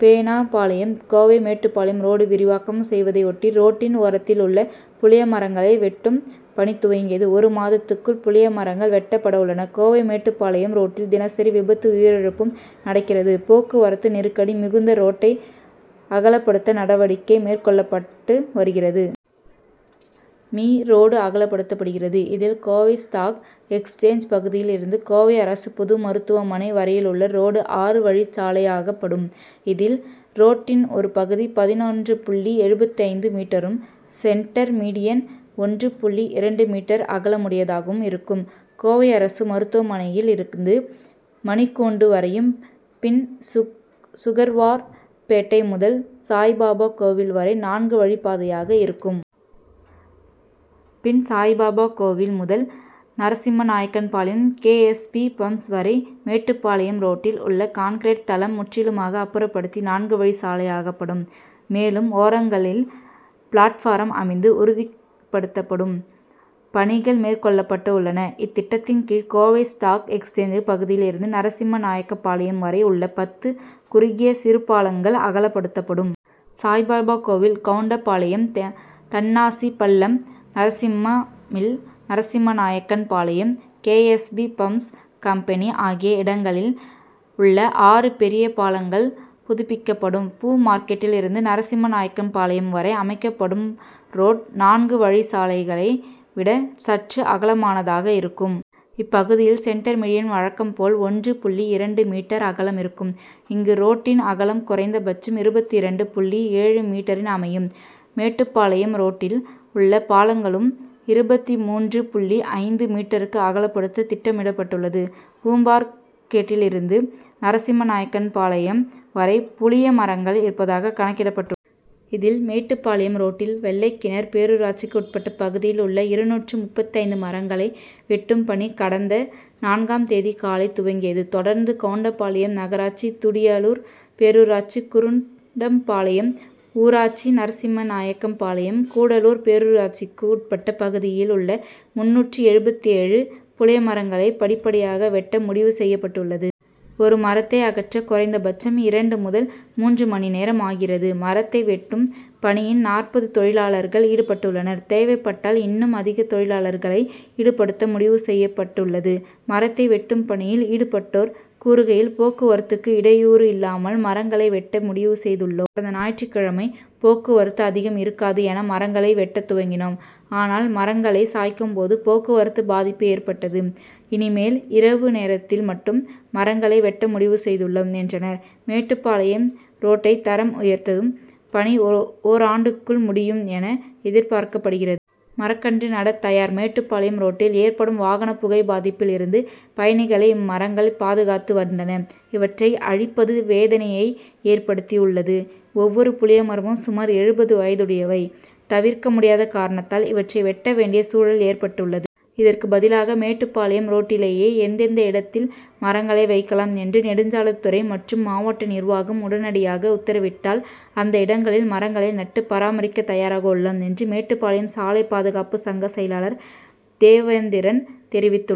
பெ. நா. பாளையம் கோவை மேட்டுப்பாளையம் ரோடு விரிவாக்கம் செய்வதையொட்டி ரோட்டின் ஓரத்தில் உள்ள புளியமரங்களை வெட் டும் பணி துவங்கியது. ஒரு மாதத்துக்குள் புளியமரங் கள் வெட்டப்பட உள்ளன. கோவை-மேட்டுப்பாளைம் ரோட்டில் தினசரி விபத்தும், உயிரிழப்பும் நடக்கிறது. போக் குவரத்து நெருக்கடி மிகுந்த ரோட்டை அகலப்படுத்த நடவடிக்கை மேற்கொள்ளப்பட்டு வருகிறது. மீ., ரோடு அகலப்படுத்தப்படுகிறது. இதில், கோவை ஸ்டாக் எக்ஸ்சேஞ்ச் பகுதியிலிருந்து கோவை அரசு பொது மருத்துவமனை வரையுள்ள ரோடு ஆறு வழிச்சாலையாக்கப்படும். இதில், ரோட்டின் ஒரு பகுதி பதினொன்று புள்ளி எழுபத்தைந்து மீட்டரும், சென்டர் மீடியன் ஒன்று புள்ளி இரண்டு மீட்டர் அகலமுடையதாக இருக்கும். கோவை அரசு மருத்துவமனையில் இருந்து மணிக்கூண்டு வரையும், பின், சுகர்வார் பேட்டை முதல் சாயிபாபா கோவில் வரை நான்கு வழிப்பாதையாக இருக்கும். பின், சாயிபாபா கோவில் முதல் Narasimhanaickenpalayam K. S. B., pumps வரை மேட்டுப்பாளையம் ரோட்டில் உள்ள கான்கிரீட் தளம் முற்றிலுமாக அப்புறப்படுத்தி, நான்குவழிச் சாலையாக்கப்படும். மேலும், ஓரங்களில் பிளாட்பார்ம் அமைத்து உறுதிப்படுத்தும் பணிகள் மேற்கொள்ளப்பட உள்ளன. இத்திட்டத்தின் கீழ் கோவை ஸ்டாக் எக்ஸ்சேஞ்ச் பகுதியிலிருந்து நரசிம்மநாயக்கன்பாளையம் வரை உள்ள பத்து குறுகிய சிறுபாலங்கள், அகலப்படுத்தப்படும். சாய்பாபா கோவில், Goundampalayam, Thannasi Pallam, Narasimha mill, Narasimhanaickenpalayam, K. S. B. Pumps company ஆகிய இடங்களில் உள்ள ஆறு பெரிய பாலங்கள் புதுப்பிக்கப்படும். பூ மார்கெட்டிலிருந்து நரசிம்மநாயக்கன்பாளையம் வரை அமைக்கப்படும் ரோடு, நான்கு வழிச்சாலையை விட சற்று அகலமானதாக இருக்கும். இப்பகுதியில் சென்டர் மீடியன் வழக்கம் போல ஒன்று புள்ளி இரண்டு மீட்டர் அகலம் இருக்கும். இங்கு ரோட்டின் அகலம் குறைந்த பட்சம் இருபத்திரண்டு புள்ளி ஏழு மீட்டரில் அமையும். மேட்டுப்பாளையம் ரோட்டில் உள்ள பாலங்களும் இருபத்து மூன்று புள்ளி ஐந்து மீட்டருக்கு அகலப்படுத்த திட்டமிடப்பட்டுள்ளது. பூமார்கெட்டிலிருந்து நரசிம்மநாயக்கன்பாளையம் வரை புளிய மரங்கள் இருப்பதாக கணக்கிடப்பட்டுள்ளது. இதில், மேட்டுப்பாளையம் ரோட்டில் வெள்ளக்கிணர் பேரூராட்சிக்குட்பட்ட பகுதியில் உள்ள இருநூற்று முப்பத்தைந்து மரங்களை வெட்டும் பணி கடந்த நான்காம் தேதி காலை துவங்கியது. தொடர்ந்து கவுண்டம்பாளையம் நகராட்சி, துடியலூர் பேரூராட்சி, குருடம்பாளையம் ஊராட்சி, நரசிம்மநாயக்கன்பாளையம், கூடலூர் பேரூராட்சிக்குட்பட்ட பகுதியில் உள்ள முந்நூற்று எழுபத்தேழு புளியமரங்களை படிப்படியாக வெட்ட முடிவு செய்யப் பட்டுள்ளது. ஒரு மரத்தை அகற்ற குறைந்த பட்சம் இரண்டு முதல் மூன்று மணி நேரம் ஆகிறது. மரத்தை வெட்டும் பணியில் நாற்பது தொழிலாளர்கள் ஈடுபட்டுள்ளனர். தேவைப்பட்டால் இன்னும் அதிக தொழிலாளர்களை ஈடுபடுத்த முடிவு செய்யப்பட் டுள்ளது. மரத்தை வெட்டும் பணியில் ஈடுபட்டோர் கூறுகையில், போக்குவரத்துக்கு இடை யூறு இல்லாமல் மரங்களை வெட்ட முடிவு செய்துள் ளோம். கடந்த ஞாயிற்றுக்கிழமை போக்குவரத்து அதிகம் இருக் காது என மரங்களை வெட்டத் துவங்கினோம். ஆனால், மரங்களை சாய்க்கும் போது போக்குவரத்து பாதிப்பு ஏற்பட்டது. இனிமேல் இரவு நேரத்தில் மட்டும் மரங்களை வெட்ட முடிவு செய்துள்ளோம் என்றனர். மேட்டுப்பாளையம் ரோட்டை தரம் உயர்த்தும் பணி ஓராண்டுக்குள் முடியும் என எதிர்பார்க்கப்படுகிறது. மரக்கன்று நடத் தயார் மேட்டுப்பாளையம் ரோட்டில் ஏற்படும் வாகன புகை பாதிப்பில் இருந்து பயணிகளை இம்மரங்கள் பாதுகாத்து வந்தன. இவற்றை அழிப்பது வேதனையை ஏற்படுத்தி உள் ளது. ஒவ்வொரு புளியமரமும் சுமார் எழுபது வயதுடையவை. தவிர்க்க முடியாத காரணத்தால் இவற்றை வெட்ட வேண்டிய சூழல் ஏற்பட் டுள்ளது. இதற்கு பதிலாக மேட்டுப்பாளையம் ரோட் டிலேயே எந்தெந்த இடத்தில் மரங்களை வைக்கலாம் என்று நெடுஞ்சாலைத்துறை மற்றும் மாவட்ட நிர்வாகம் உடனடியாக உத்தரவிட்டால், அந்த இடங்களில் மரங்களை நட்டு பராமரிக்க தயாராக உள்ளோம் என்று மேட்டுப்பாளையம் சாலை பாதுகாப்பு சங்க செயலாளர் தேவேந்திரன் தெரிவித்துள்ளார்.